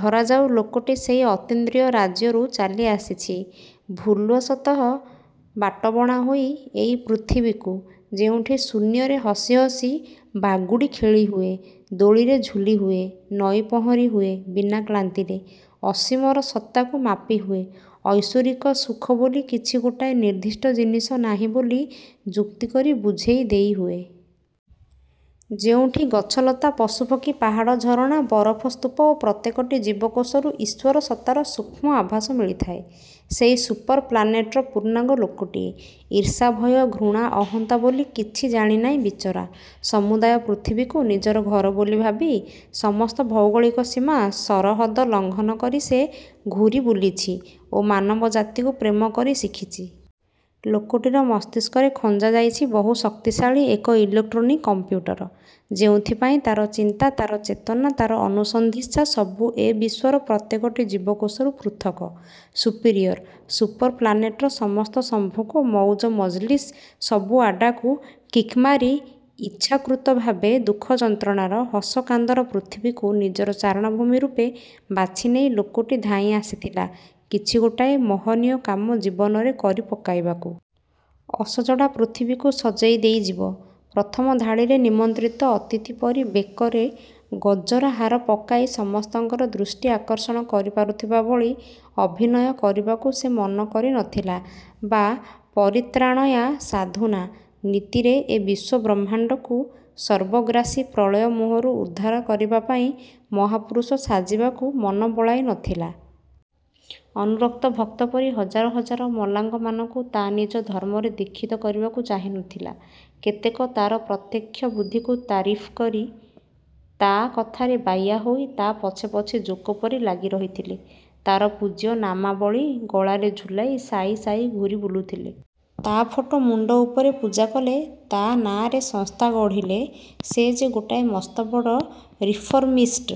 ଧରାଯାଉ, ଲୋକଟି ସେଇ ଅତିନ୍ଦ୍ରିୟ ରାଜ୍ୟରୁ ଚାଲି ଆସିଚି ଭୁଲ୍ବଶତଃ ବାଟବଣା ହୋଇ ଏଇ ପୃଥିବୀକୁ ଯେଉଁଠି ଶୂନ୍ୟରେ ହସିହସି ବାଗୁଡ଼ି ଖେଳିହୁଏ, ଦୋଳିରେ ଝୁଲିହୁଏ, ନଈ ପହଁରି ହୁଏ ବିନା କ୍ଳାନ୍ତିରେ। ଅସୀମର ସତ୍ତାକୁ ମାପିହୁଏ। ଐଶ୍ୱରିକ ସୁଖ ବୋଲି କିଛି ଗୋଟାଏ ନିର୍ଦ୍ଦିଷ୍ଟ ଜିନିଷ ନାଇଁ ବୋଲି ଯୁକ୍ତି କରି ବୁଝେଇ ଦେଇହୁଏ। ଯେଉଁଠି ଗଛଲତା, ପଶୁପକ୍ଷୀ, ପାହାଡ଼, ଝରଣା, ବରଫ ସ୍ତୁପ ଓ ପ୍ରତ୍ୟେକଟି ଜୀବକୋଷରୁ ଈଶ୍ୱର ସତ୍ତାର ସୂକ୍ଷ୍ମ ଆଭାସ ମିଳିଥାଏ। ସେଇ ସୁପର୍ ପ୍ଲାନେଟ୍ର ପୂର୍ଣ୍ଣାଙ୍ଗ ଲୋକଟିଏ। ଈର୍ଷା, ଭୟ, ଘୃଣା, ଅହନ୍ତା ବୋଲି କିଛି ଜାଣିନାଇଁ ବିଚାରା! ସମୁଦାୟ ପୃଥିବୀକୁ ନିଜର ଘର ବୋଲି ଭାବି ସମସ୍ତ ଭୌଗୋଳିକ ସୀମା ସରହଦ ଲଙ୍ଘନ କରି ସେ ଘୂରି ବୁଲିଚି ଓ ମାନବ ଜାତିକୁ ପ୍ରେମକରି ଶିଖିଚି। ଲୋକଟିର ମସ୍ତିଷ୍କରେ ଖଞ୍ଜାଯାଇଛି ବହୁ ଶକ୍ତିଶାଳୀ ଏକ ଇଲେକ୍ଟ୍ରୋନିକ କମ୍ପ୍ୟୁଟର। ଯେଉଁଥିପାଇଁ ତା'ର ଚିନ୍ତା ତା'ର ଚେତନା ତା'ର ଅନୁସନ୍ଧିତ୍ସା ସବୁ ଏ ବିଶ୍ୱର ପ୍ରତ୍ୟେକଟି ଜୀବକୋଷରୁ ପୃଥକ୍। ସୁପିରିଅର୍। ସୁପର୍ ପ୍ଲାନେଟର ସମସ୍ତ ସମ୍ଭୋଗ, ମଉଜମଜ୍ଲିସ୍, ସବୁ ଆଡ୍ଡାକୁ କିକ୍ମାରି ଇଚ୍ଛାକୃତଭାବେ ଦୁଃଖଯନ୍ତ୍ରଣାର, ହସକାନ୍ଦର ପୃଥିବୀକୁ ନିଜର ଚାରଣଭୂମି ରୂପେ ବାଛିନେଇ ଲୋକଟି ଧାଇଁ ଆସିଥିଲା କିଛି ଗୋଟାଏ ମହନୀୟ କାମ ଜୀବନରେ କରି ପକାଇବାକୁ। ଅସଜଡ଼ା ପୃଥିବୀକୁ ସଜେଇ ଦେଇଯିବ। ପ୍ରଥମ ଧାଡ଼ିରେ ନିମନ୍ତ୍ରିତ ଅତିଥିପରି ବେକରେ ଗଜରାହାର ପକାଇ ସମସ୍ତଙ୍କର ଦୃଷ୍ଟି ଆକର୍ଷଣ କରି ପାରୁଥିବା ଭଳି ଅଭିନୟ କରିବାକୁ ସେ ମନକରି ନଥିଲା ବା' ପରିତ୍ରାଣୟାଂ ସାଧୁନାଂ ନୀତିରେ ଏ ବିଶ୍ୱବ୍ରହ୍ମାଣ୍ଡକୁ ସର୍ବଗ୍ରାସୀ ପ୍ରଳୟ ମୁହଁରୁ ଉଦ୍ଧାର କରିବାପାଇଁ ମହାପୁରୁଷ ସାଜିବାକୁ ମନବଳାଇ ନଥିଲା। ଅନୁରକ୍ତ ଭକ୍ତପରି ହଜାର ହଜାର ମଲାଙ୍ଗମାନଙ୍କୁ ତା' ନିଜ ଧର୍ମରେ ଦୀକ୍ଷିତ୍ କରିବାକୁ ଚାହିଁନଥିଲା। କେତେକ ତା'ର ପ୍ରତ୍ୟକ୍ଷ ବୁଦ୍ଧିକୁ ତାରିଫ୍କରି, ତା' କଥାରେ ବାୟାହୋଇ ତା' ପଛେ ପଛେ ଜୋକପରି ଲାଗି ରହିଥିଲେ। ତା'ର ପୂଜ୍ୟ ନାମାବଳି ଗଳାରେ ଝୁଲାଇ ସାଇ ସାଇ ଘୂରି ବୁଲୁଥିଲେ। ତା' ଫଟୋ ମୁଣ୍ଡଉପରେ ପୂଜା କଲେ। ତା' ନାଁରେ ସଂସ୍ଥା ଗଢ଼ିଲେ। ସେ ଯେ ଗୋଟାଏ ମସ୍ତବଡ଼, 'ରିଫରମିଷ୍ଟ'।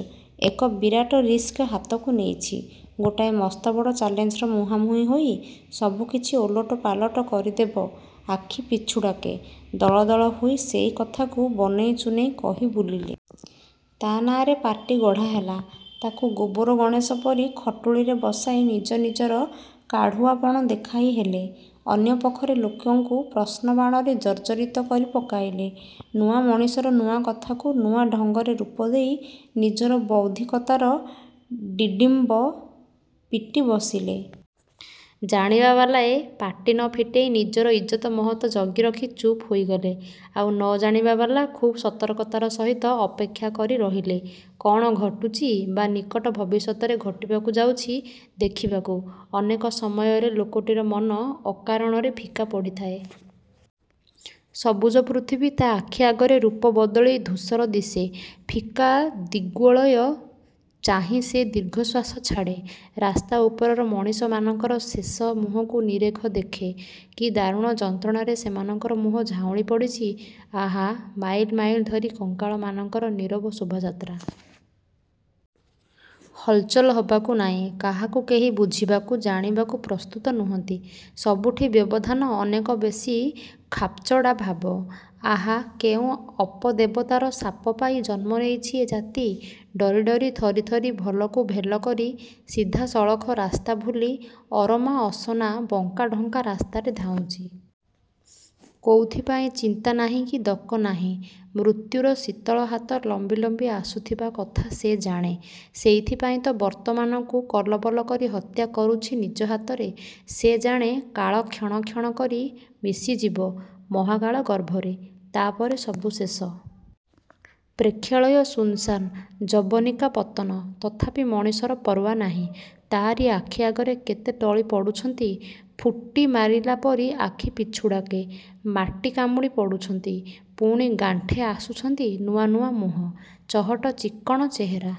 ଏକ ବିରାଟ 'ରିସ୍କ' ହାତକୁ ନେଇଛି। ଗୋଟାଏ ମସ୍ତବଡ଼ ଚାଲେଞ୍ଜର ମୁହାଁମୁହିଁ ହୋଇ ସବୁକିଛି ଓଲଟ ପାଲଟ କରିଦେବ ଆଖି ପିଛୁଡ଼ାକେ। ଦଳଦଳ ହୋଇ ସେଇ କଥାକୁ ବନେଇ ଚୁନେଇ କହି ବୁଲିଲେ। ତା' ନାଁରେ ପାର୍ଟି ଗଢ଼ାଗଲା। ତାକୁ ଗୋବର ଗଣେଷ ପରି ଖଟୁଲିରେ ବସାଇ ନିଜ ନିଜର କାଢ଼ୁଆପଣ ଦେଖାଇ ହେଲେ। ଅନ୍ୟ ପକ୍ଷର ଲୋକଙ୍କୁ ପ୍ରଶ୍ନବାଣରେ ଜର୍ଜ୍ଜରିତ କରି ପକାଇଲେ। ନୂଆ ମଣିଷର ନୂଆ କଥାକୁ ନୂଆ ଢଙ୍ଗରେ ରୂପଦେଇ ନିଜର ବୌଦ୍ଧିକତାରେ ଡିଣ୍ଡିମ ପିଟି ବସିଲେ। ଜାଣିବାବାଲାଏ ପାଟି ନ ଫିଟେଇ ନିଜର ଇଜତ ମହତ ଜଗିରଖି ଚୁପ୍ ହୋଇଗଲେ। ଆଉ ନ ଜାଣିବା ବାଲା ଖୁବ୍ ସତର୍କତାର ସହିତ ଅପେକ୍ଷା କରି ରହିଲେ କ'ଣ ଘଟୁଛି ବା' ନିକଟ ଭବିଷ୍ୟତରେ ଘଟିବାକୁ ଯାଉଛି ଦେଖିବାକୁ। ଅନେକ ସମୟରେ ଲୋକଟିର ମନ ଅକାରଣରେ ଫିକା ପଡ଼ିଥାଏ। ସବୁଜ ପୃଥିବୀ ତା' ଆଖି ଆଗରେ ରୂପ ବଦଳେଇ ଧୂସର ଦିଶେ। ଫିକା ଦିଗ୍ବଳୟକୁ ଚାହିଁ ସେ ଦୀର୍ଘଶ୍ୱାସ ଛାଡ଼େ। ରାସ୍ତା ଉପରର ମଣିଷମାନଙ୍କର ଶେଥା ମୁହଁକୁ ନିରେଖି ଦେଖେ। କି ଦାରୁଣ ଯନ୍ତ୍ରଣାରେ ସେମାନଙ୍କ ମୁହଁ ଝାଉଁଳି ପଡ଼ିଚି, ଆହାଃ! ମାଇଲ୍ ମାଇଲ୍ ଧରି କଙ୍କାଳମାନଙ୍କର ନୀରବ ଶୋଭାଯାତ୍ରା! ହଲ୍ଚଲ୍ ହବାକୁ ନାଇଁ। କାହାକୁ କେହି ବୁଝିବାକୁ, ଜାଣିବାକୁ ପ୍ରସ୍ତୁତ ନୁହନ୍ତି। ସବୁଠି ବ୍ୟବଧାନ ଅନେକ ବେଶୀ ଖାପ୍ଛଡ଼ା ଭାବ। ଆହାଃ, କେଉଁ ଅପଦେବତାର ଶାପ ପାଇ ଜନ୍ମନେଇଛି ଏ ଜାତି? ଡରିଡରି, ଥରି, ଥରି ଭଲକୁ ଭେଲକରି, ସିଧାସଳଖ ରାସ୍ତାଭୁଲି ଅରମା ଅସନା ବଙ୍କାଢଙ୍କା ରାସ୍ତାରେ ଧାଉଁଚି! କୋଉଥିପାଇଁ ଚିନ୍ତା ନାହିଁକି ଦକ ନାହିଁ। ମୃତ୍ୟୁର ଶୀତଳ ହାତ ଲମ୍ବି ଲମ୍ବି ଆସୁଥିବା କଥା ସେ ଜାଣେ। ସେଇଥି ପାଇଁତ ବର୍ତ୍ତମାନକୁ କଲବଲ କରି ହତ୍ୟା କରୁଛି ନିଜ ହାତରେ। ସେ ଜାଣେ, କାଳ କ୍ଷଣ କ୍ଷଣ କରି ମିଶିଯିବ ମହାକାଳ ଗର୍ଭରେ। ତା'ପରେ ସବୁ ଶେଷ। ପ୍ରେକ୍ଷାଳୟ ଶୂନଶାନ୍। ଯବନିକା ପତ୍ତନ। ତଥାପି ମଣିଷର ପରଓ୍ୱା ନାହିଁ। ତା'ରି ଆଖି ଆଗରେ କେତେ ଟଳି ପଡ଼ୁଛନ୍ତି। ଫୁଟ୍କି ମାରିଲାପରି ଆଖି ପିଛୁଡ଼ାକେ। ମାଟି କାମୁଡ଼ି ପଡ଼ୁଛନ୍ତି, ପୁଣି ଗାଣ୍ଠେ ଆସୁଛନ୍ତି। ନୂଆ ନୂଆ ମୁହଁ। ଚହଟ ଚିକ୍କଣ ଚେହେରା।